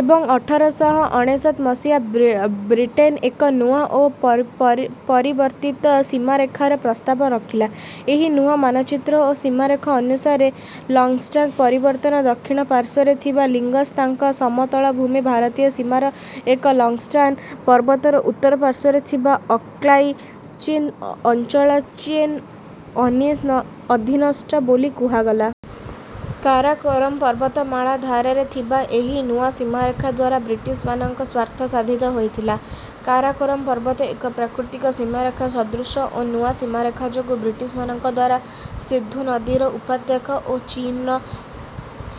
ଏବଂ ଅଠର ଶହ ଅନେଶତ ମସିହାରେ ବ୍ରିଟେନ୍ ଏକ ନୂଆ ଓ ପରିବର୍ତ୍ତିତ ସୀମାରେଖାର ପ୍ରସ୍ତାବ ରଖିଲା। ଏହି ନୂଆ ମାନଚିତ୍ର ଓ ସୀମାରେଖା ଅନୁସାରେ ଲକ୍ତ୍‌ସାଙ୍ଗ୍ ପର୍ବତର ଦକ୍ଷିଣ ପାର୍ଶ୍ୱରେ ଥିବା ଲିଙ୍ଗ୍‌ଜି ତାଙ୍ଗ୍ ସମତଳଭୂମି ଭାରତୀୟ ସୀମାରେ ଓ ଲକ୍ତ୍‌ସାଙ୍ଗ୍ ପର୍ବତର ଉତ୍ତର ପାର୍ଶ୍ୱରେ ଥିବା ଅକ୍ସାଇ ଚୀନ୍ ଅଞ୍ଚଳ ଚୀନ୍ ଅଧୀନସ୍ଥ ବୋଲି କୁହାଗଲା। କାରାକୋରମ୍ ପର୍ବତମାଳା ଧାରରେ ଥିବା ଏହି ନୂଆ ସୀମାରେଖା ଦ୍ୱାରା ବ୍ରିଟିଶ୍‌ମାନଙ୍କ ସ୍ୱାର୍ଥ ସାଧିତ ହେଉଥିଲା। କାରାକୋରମ୍ ପର୍ବତ ଏକ ପ୍ରାକୃତିକ ସୀମାରେଖା ସଦୃଶ ଓ ନୂଆ ସୀମାରେଖା ଯୋଗୁଁ ବ୍ରିଟିଶ୍‌ମାନଙ୍କ ଦ୍ୱାରା ସିନ୍ଧୁ ନଦୀର ଉପତ୍ୟକା ଓ ଚୀନ୍‌ର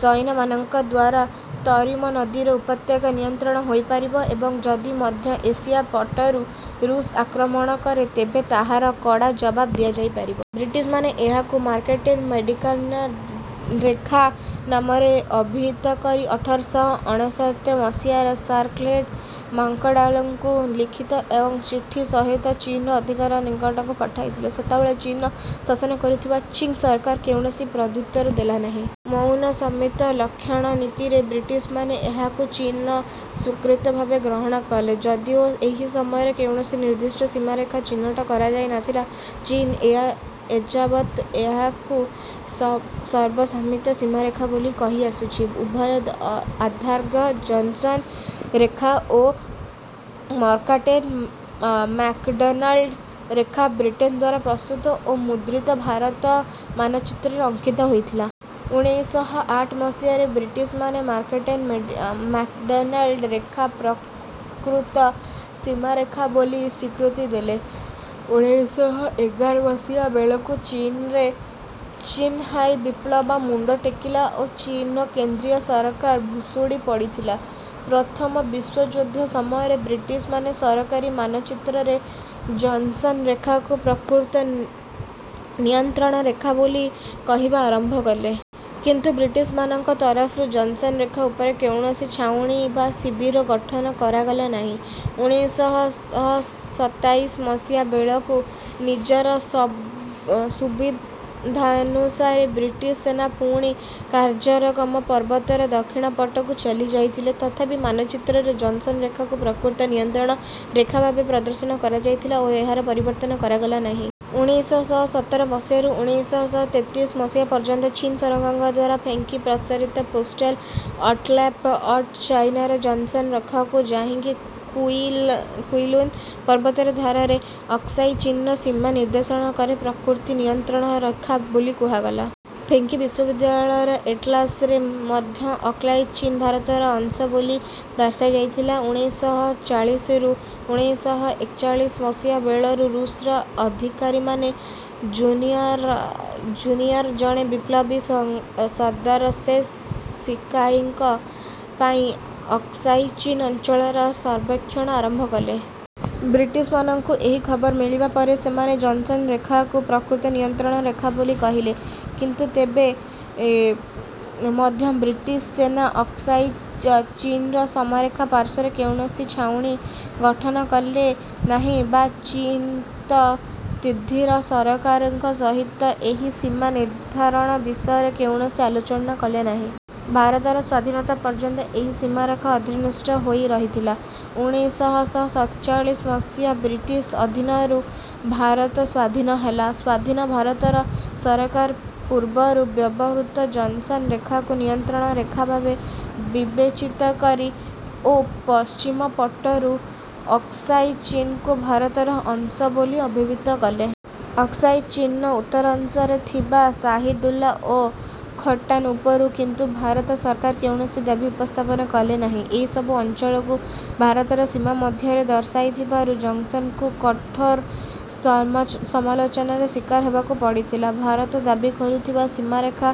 ସୈନିକମାନଙ୍କ ଦ୍ୱାରା ତରିମ୍ ନଦୀର ଉପତ୍ୟକା ନିୟନ୍ତ୍ରିତ ହୋଇପାରିବ ଏବଂ ଯଦି ମଧ୍ୟ ଏସିଆ ପଟରୁ ଋଷ୍ ଆକ୍ରମଣ କରେ ତେବେ ତାହାର କଡ଼ା ଜବାବ ଦିଆଯାଇପାରିବ। ବ୍ରିଟିଶ୍‌ମାନେ ଏହାକୁ ମକାର୍ଟ୍‌ନେ ମ୍ୟାକ୍‌ଡନାଲ୍ଡ୍ ରେଖା ନାମରେ ଅଭିହିତ କରି ଅଠର ଶହ ଅନେଶତ ମସିହାରେ ସାର୍ କ୍ଲଡେ ମ୍ୟାକ୍‌ଡନାଲ୍ଡ୍‌ଙ୍କ ଲିଖିତ ଏକ ଚିଠି ସହିତ ଚୀନ୍‌ର ଅଧିକାରୀଙ୍କ ନିକଟକୁ ପଠାଇଲେ। ସେତେବେଳେ ଚୀନ୍‌ର ଶାସନ କରୁଥିବା ଚିଙ୍ଗ୍ ସରକାର କୌଣସି ପ୍ରତ୍ୟୁତ୍ତର ଦେଲା ନାହିଁ। ମୌନଂ ସମ୍ମତି ଲକ୍ଷଣମ୍ ନୀତିରେ ବ୍ରିଟିଶ୍‌ମାନେ ଏହାକୁ ଚୀନ୍‌ର ସ୍ୱୀକୃତି ଭାବେ ଗ୍ରହଣ କଲେ। ଯଦିଓ ଏହି ସମୟରେ କୌଣସି ନିର୍ଦ୍ଦିଷ୍ଟ ସୀମାରେଖା ଚିହ୍ନଟ କରାଯାଇ ନ ଥିଲା, ଚୀନ୍ ଏଯାବତ୍ ଏହାକୁ ସର୍ବସମ୍ମତ ସୀମାରେଖା ବୋଲି କହିଆସୁଛି। ଉଭୟ ଆର୍ଦାଘ୍-ଜନ୍‌ସନ୍ ରେଖା ଓ ମକାର୍ଟ୍‌ନେ-ମ୍ୟାକ୍‌ଡନାଲ୍ଡ୍ ରେଖା ବ୍ରିଟେନ୍ ଦ୍ୱାରା ପ୍ରସ୍ତୁତ ଓ ମୁଦ୍ରିତ ଭାରତ ମାନଚିତ୍ରରେ ଅଙ୍କିତ ହେଉଥିଲା। ଉଣେଇଶ ଶହ ଆଠ ମସିହାରେ ବ୍ରିଟିଶ୍‌ମାନେ ମକାର୍ଟ୍‌ନେ ମ୍ୟାକ୍‌ଡନାଲ୍ଡ୍ ରେଖାକୁ ପ୍ରକୃତ ସୀମାରେଖା ବୋଲି ସ୍ୱୀକୃତି ଦେଲେ। ଉଣେଇଶ ଶହ ଏଗାର ମସିହା ବେଳକୁ ଚୀନରେ ଜିନ୍‌ହାଇ ବିପ୍ଳବ ମୁଣ୍ଡ ଟେକିଲା ଓ ଚୀନର କେନ୍ଦ୍ରୀୟ ସରକାର ଭୁଷୁଡ଼ି ପଡ଼ିଥିଲା। ପ୍ରଥମ ବିଶ୍ୱଯୁଦ୍ଧ ସମୟରେ ବ୍ରିଟିଶ୍‌ମାନେ ସରକାରୀ ମାନଚିତ୍ରରେ ଜନ୍‌ସନ୍ ରେଖାକୁ ପ୍ରକୃତ ନିୟନ୍ତ୍ରଣରେଖା ବୋଲି କହିବା ଆରମ୍ଭ କଲେ। କିନ୍ତୁ ବ୍ରିଟିଶ୍‌ମାନଙ୍କ ତରଫରୁ ଜନ୍‌ସନ୍ ରେଖା ଉପରେ କୌଣସି ଛାଉଣୀ ବା ଶିବିର ଗଠନ କରାଗଲା ନାହିଁ। ଉଣେଇଶ ଶହ ସତାଇଶ ମସିହା ବେଳକୁ ନିଜର ସୁବିଧାନୁସାରେ ବ୍ରିଟିଶ୍ ସେନା ପୁଣି କାରାକୋରମ୍ ପର୍ବତର ଦକ୍ଷିଣ ପଟକୁ ଚାଲିଯାଇଥିଲେ। ତଥାପି ମାନଚିତ୍ରରେ ଜନ୍‌ସନ୍ ରେଖାକୁ ପ୍ରକୃତ ନିୟନ୍ତ୍ରଣ ରେଖା ଭାବେ ପ୍ରଦର୍ଶିତ କରାଯାଉଥିଲା ଓ ଏହାର ପରିବର୍ତ୍ତନ କରାଗଲା ନାହିଁ। ଉଣେଇଶ ଶହ ସତର ମସିହାରୁ ଉଣେଇଶ ଶହ ତେତିଶ ମସିହା ପର୍ଯ୍ୟନ୍ତ ଚୀନ୍ ସରକାରଙ୍କ ଦ୍ୱାରା ପେକିଂରେ ପ୍ରକାଶିତ ପୋଷ୍ଟାଲ୍ ଏଟ୍‌ଲାସ୍ ଅଫ୍ ଚାଇନା ରେ ଜନ୍‌ସନ୍ ରେଖାକୁ ଯାହାକି କୁନ୍‌ଲୁନ୍ ପର୍ବତର ଧାରରେ ଅକ୍ସାଇ ଚୀନର ସୀମା ନିର୍ଦ୍ଧାରଣ କରେ ପ୍ରକୃତ ନିୟନ୍ତ୍ରଣ ରେଖା ବୋଲି କୁହାଗଲା। ପେକିଂ ବିଶ୍ୱବିଦ୍ୟାଳୟ ଏଟ୍‌ଲାସ୍ ରେ ମଧ୍ୟ ଅକ୍ସାଇ ଚୀନ୍ ଭାରତର ଅଂଶ ବୋଲି ଦର୍ଶାଯାଇଥିଲା। ଉଣେଇଶ ଶହ ଚାଳିଶରୁ ଉଣେଇଶ ଶହ ଏକଚାଳିଶ ମସିହା ବେଳକୁ ଋଷ୍‌ର ଅଧିକାରୀମାନେ ଜିନ୍‌ଜିଆଙ୍ଗ୍‌ର ଜଣେ ବିପ୍ଳବୀ ସର୍ଦ୍ଦାର ଶେଙ୍ଗ୍ ଶିକାଇଙ୍କ ପାଇଁ ଅକ୍ସାଇ ଚୀନ୍ ଅଞ୍ଚଳର ସର୍ବେକ୍ଷଣ ଆରମ୍ଭ କଲେ। ବ୍ରିଟିଶ୍‌ମାନଙ୍କୁ ଏହି ଖବର ମିଳିବା ପରେ ସେମାନେ ଜନ୍‌ସନ୍ ରେଖାକୁ ପ୍ରକୃତ ନିୟନ୍ତ୍ରଣ ରେଖା ବୋଲି କହିଲେ। କିନ୍ତୁ ତେବେ ମଧ୍ୟ ବ୍ରିଟିଶ୍ ସେନା ଅକ୍ସାଇ ଚୀନର ସୀମାରେଖା ପାର୍ଶ୍ୱରେ କୌଣସି ଛାଉଣୀ ଗଠନ କଲେ ନାହିଁ ବା ଚୀନ୍ ଓ ତିବ୍ଦତର ସରକାରଙ୍କ ସହିତ ଏହି ସୀମା ନିର୍ଦ୍ଧାରଣ ବିଷୟରେ କୌଣସି ଆଲୋଚନା କଲେ ନାହିଁ। ଭାରତର ସ୍ୱାଧୀନତା ପର୍ଯ୍ୟନ୍ତ ଏହି ସୀମାରେଖା ଅନିର୍ଦ୍ଦିଷ୍ଟ ହୋଇ ରହିଥିଲା। ଉଣେଇଶ ଶହ ସତଚାଳିଶ ମସିହାରେ ବ୍ରିଟିଶ୍ ଅଧୀନରୁ ଭାରତ ସ୍ୱାଧୀନ ହେଲା। ସ୍ୱାଧୀନ ଭାରତର ସରକାର ପୂର୍ବରୁ ବ୍ୟବହୃତ ଜନ୍‌ସନ୍ ରେଖାକୁ ନିୟନ୍ତ୍ରଣ ରେଖା ଭାବେ ବିବେଚିତ କରି ଓ ପଶ୍ଚିମ ପଟରେ ଅକ୍ସାଇ ଚୀନ୍‌କୁ ଭାରତର ଅଂଶ ବୋଲି ଅଭିହିତ କଲେ। ଅକ୍ସାଇ ଚୀନ୍‌ର ଉତ୍ତରାଂଶରେ ଥିବା ଶାହିଦୁଲ୍ଲା ଓ ଖୋଟାନ୍ ଉପରେ କିନ୍ତୁ ଭାରତ ସରକାର କୌଣସି ଦାବି ଉପସ୍ଥାପନ କଲେ ନାହିଁ। ଏହି ସବୁ ଅଞ୍ଚଳକୁ ଭାରତର ସୀମା ମଧ୍ୟରେ ଦର୍ଶାଇଥିବାରୁ ଜନ୍‌ସନ୍‌ଙ୍କୁ କଠୋର ସମାଲୋଚନାର ଶିକାର ହେବାକୁ ପଡ଼ିଥିଲା। ଭାରତ ଦାବି କରୁଥିବା ସୀମାରେଖା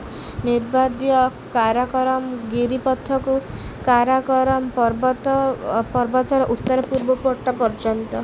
ନିର୍ବିବାଦୀୟ କାରାକୋରମ୍ ଗିରିପଥରୁ କାରାକୋରମ୍ ପର୍ବତର ଉତ୍ତର ପୂର୍ବ ପଟ ପର୍ଯ୍ୟନ୍ତ।